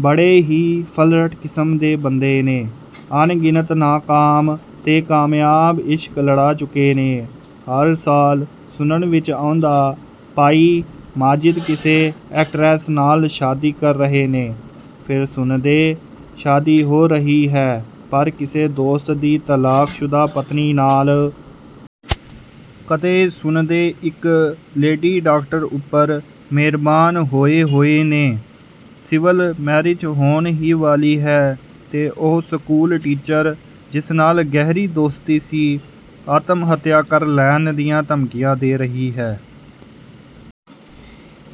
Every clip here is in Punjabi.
ਬੜੇ ਹੀ ਫਲਰਟ ਕਿਸਮ ਦੇ ਬੰਦੇ ਨੇ, ਅਣਗਿਣਤ ਨਾਕਾਮ ਤੇ ਕਾਮਯਾਬ ਇਸ਼ਕ ਲੜਾ ਚੁੱਕੇ ਨੇ। ਹਰ ਸਾਲ ਸੁਣਨ ਵਿੱਚ ਆਉਂਦਾ, ਭਾਈ ਮਾਜਿਦ ਕਿਸੇ ਐਕਟਰੈਸ ਨਾਲ ਸ਼ਾਦੀ ਕਰ ਰਹੇ ਨੇ। ਫਿਰ ਸੁਣਦੇ, ਸ਼ਾਦੀ ਹੋ ਰਹੀ ਹੈ, ਪਰ ਕਿਸੇ ਦੋਸਤ ਦੀ ਤਲਾਕ ਸ਼ੁਦਾ ਪਤਨੀ ਨਾਲ। ਕਦੇ ਸੁਣਦੇ, ਇੱਕ ਲੇਡੀ ਡਾਕਟਰ ਉੱਪਰ ਮਿਹਰਬਾਨ ਹੋਏ ਹੋਏ ਨੇ, ਸਿਵਲ ਮੈਰਿਜ ਹੋਣ ਹੀ ਵਾਲੀ ਹੈ ਤੇ ਉਹ ਸਕੂਲ ਟੀਚਰ ਜਿਸ ਨਾਲ ਗਹਿਰੀ ਦੋਸਤੀ ਸੀ, ਆਤਮ-ਹੱਤਿਆ ਕਰ ਲੈਣ ਦੀਆਂ ਧਮਕੀਆਂ ਦੇ ਰਹੀ ਹੈ।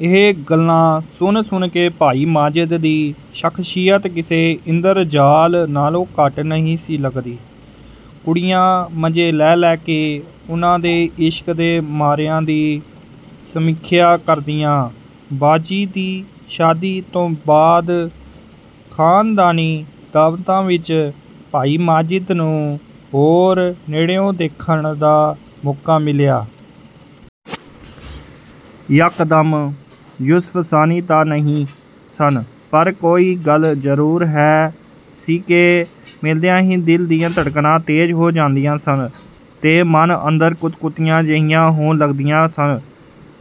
ਇਹ ਗੱਲਾਂ ਸੁਣ-ਸੁਣ ਕੇ ਭਾਈ ਮਾਜਿਦ ਦੀ ਸ਼ਖਸੀਅਤ, ਕਿਸੇ ਇੰਦਰ ਜਾਲ ਨਾਲੋਂ ਘੱਟ ਨਹੀਂ ਸੀ ਲੱਗਦੀ। ਕੁੜੀਆਂ ਮਜ਼ੇ ਲੈ-ਲੈ ਕੇ ਉਨ੍ਹਾਂ ਦੇ ਇਸ਼ਕ ਦੇ ਮਾਰਿਆਂ ਦੀ ਸਮੀਖਿਆ ਕਰਦੀਆਂ। ਬਾਜੀ ਦੀ ਸ਼ਾਦੀ ਤੋਂ ਬਾਅਦ ਖਾਨਦਾਨੀ ਦਾਵਤਾਂ ਵਿੱਚ ਭਾਈ ਮਾਜਿਦ ਨੂੰ ਹੋਰ ਨੇੜਿਓਂ ਦੇਖਣ ਦਾ ਮੌਕਾ ਮਿਲਿਆ। ਯਕਦਮ ਯੁਸਫ਼ ਸਾਨੀ ਤਾਂ ਨਹੀਂ ਸਨ ਪਰ ਕੋਈ ਗੱਲ ਜ਼ਰੂਰ ਹੈ ਸੀ ਕਿ ਮਿਲਦਿਆਂ ਹੀ ਦਿਲ ਦੀਆਂ ਧੜਕਨਾਂ ਤੇਜ਼ ਹੋ ਜਾਂਦੀਆਂ ਸਨ ਤੇ ਮਨ ਅੰਦਰ ਕੁਤਕੁਤੀਆਂ ਜਿਹੀਆਂ ਹੋਣ ਲੱਗਦੀਆਂ ਸਨ।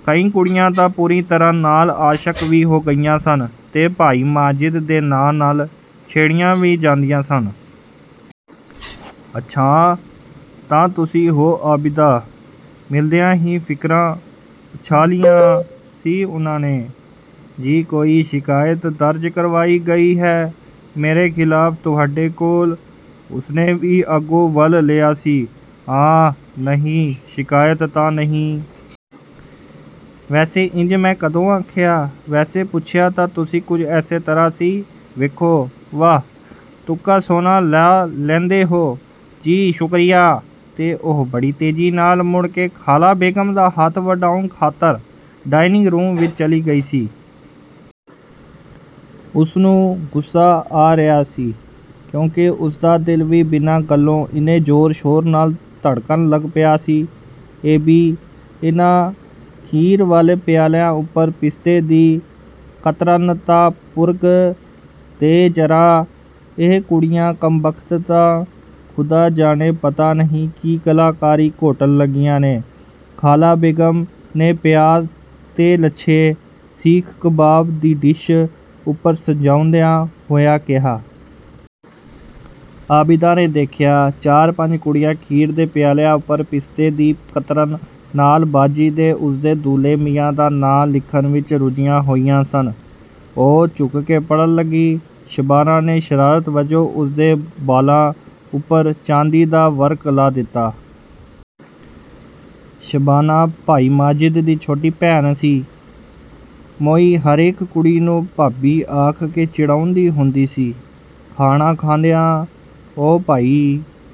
ਕਈ ਕੁੜੀਆਂ ਤਾਂ ਪੂਰੀ ਤਰ੍ਹਾਂ ਨਾਲ ਆਸ਼ਕ ਵੀ ਹੋ ਗਈਆਂ ਸਨ ਤੇ ਭਾਈ ਮਾਜਿਦ ਦੇ ਨਾਂ ਨਾਲ ਛੇੜੀਆਂ ਵੀ ਜਾਂਦੀਆਂ ਸਨ। "ਅੱਛਾ, ਤਾਂ ਤੁਸੀਂ ਹੋ ਆਬਿਦਾ।" ਮਿਲਦਿਆਂ ਹੀ ਫਿਕਰਾ ਉਛਾਲਿਆ ਸੀ ਉਨ੍ਹਾਂ ਨੇ। "ਜੀ, ਕੋਈ ਸ਼ਿਕਾਇਤ ਦਰਜ ਕਰਵਾਈ ਗਈ ਹੈ ਮੇਰੇ ਖ਼ਿਲਾਫ਼ ਤੁਹਾਡੇ ਕੋਲ?" ਉਸਨੇ ਵੀ ਅੱਗੋਂ ਵਲ ਲਿਆ ਸੀ।"ਆ, ਨਹੀਂ, ਸ਼ਿਕਾਇਤ ਤਾਂ ਨਹੀਂ। ਵੈਸੇ ਇੰਜ ਮੈਂ ਕਦੋਂ ਆਖਿਆ?""ਵੈਸੇ ਪੁੱਛਿਆ ਤਾਂ ਤੁਸੀਂ ਕੁਝ ਐਸੇ ਤਰ੍ਹਾਂ ਸੀ।" "ਵੇਖੋ ਵਾਹ, ਤੁੱਕਾ ਸੋਹਣਾ ਲਾ ਲੈਂਦੇ ਹੋ।""ਜੀ, ਸ਼ੁਕਰੀਆ।"ਤੇ ਉਹ ਬੜੀ ਤੇਜ਼ੀ ਨਾਲ ਮੁੜ ਕੇ ਖਾਲਾ ਬੇਗਮ ਦਾ ਹੱਥ ਵੰਡਾਉਣ ਖਾਤਰ ਡਾਇਨਿੰਗ-ਰੂਮ ਵਿੱਚ ਚਲੀ ਗਈ ਸੀ। ਉਸ ਨੂੰ ਗੁੱਸਾ ਆ ਰਿਹਾ ਸੀ ਕਿਉਂਕਿ ਉਸਦਾ ਦਿਲ ਵੀ ਬਿਨਾਂ ਗੱਲੋਂ ਇੰਨੇ ਜ਼ੋਰ-ਸ਼ੋਰ ਨਾਲ ਧੜਕਣ ਲੱਗ ਪਿਆ ਸੀ। "ਏ-ਬੀ, ਇਹਨਾਂ ਖੀਰ ਵਾਲੇ ਪਿਆਲਿਆਂ ਉੱਪਰ ਪਿਸਤੇ ਦੀ ਕਤਰਨ ਤਾਂ ਬੁਰਕ ਦੇ ਜ਼ਰਾ।" ਇਹ ਕੁੜੀਆਂ ਕੰਬਖ਼ਤ ਤਾਂ ਖ਼ੁਦਾ ਜਾਣੇ ਪਤਾ ਨਹੀਂ ਕੀ ਕਲਾਕਾਰੀ ਘੋਟਣ ਲੱਗੀਆਂ ਨੇ ਖਾਲਾ ਬੇਗਮ ਨੇ ਪਿਆਜ਼ ਤੇ ਲੱਛੇ, ਸੀਖ-ਕਬਾਬ ਦੀ ਡਿਸ਼ ਉੱਪਰ ਸਜਾਉਂਦਿਆਂ ਹੋਇਆਂ ਕਿਹਾ। ਆਬਿਦਾ ਨੇ ਦੇਖਿਆ ਚਾਰ-ਪੰਜ ਕੁੜੀਆਂ ਖੀਰ ਦੇ ਪਿਆਲਿਆਂ ਉੱਪਰ ਪਿਸਤੇ ਦੀ ਕਤਰਨ ਨਾਲ ਬਾਜੀ ਤੇ ਉਸਦੇ ਦੂਲਹੇ ਮੀਆਂ ਦਾ ਨਾਂ ਲਿਖਣ ਵਿੱਚ ਰੁੱਝੀਆਂ ਹੋਈਆਂ ਸਨ। ਉਹ ਝੁਕ ਕੇ ਪੜ੍ਹਨ ਲੱਗੀ, ਸ਼ਬਾਨਾ ਨੇ ਸ਼ਰਾਰਤ ਵਜੋਂ ਉਸ ਦੇ ਵਾਲਾ ਉੱਪਰ ਚਾਂਦੀ ਦਾ ਵਰਕ ਲਾ ਦਿੱਤਾ। ਸ਼ਬਾਨਾ ਭਾਈ ਮਾਜਿਦ ਦੀ ਛੋਟੀ ਭੈਣ ਸੀ, ਮੋਈ ਹਰੇਕ ਕੁੜੀ ਨੂੰ ਭਾਬੀ ਆਖ ਕੇ ਚਿੜਾਉਂਦੀ ਹੁੰਦੀ ਸੀ। ਖਾਣਾ ਖਾਂਦਿਆਂ ਉਹ ਭਾਈ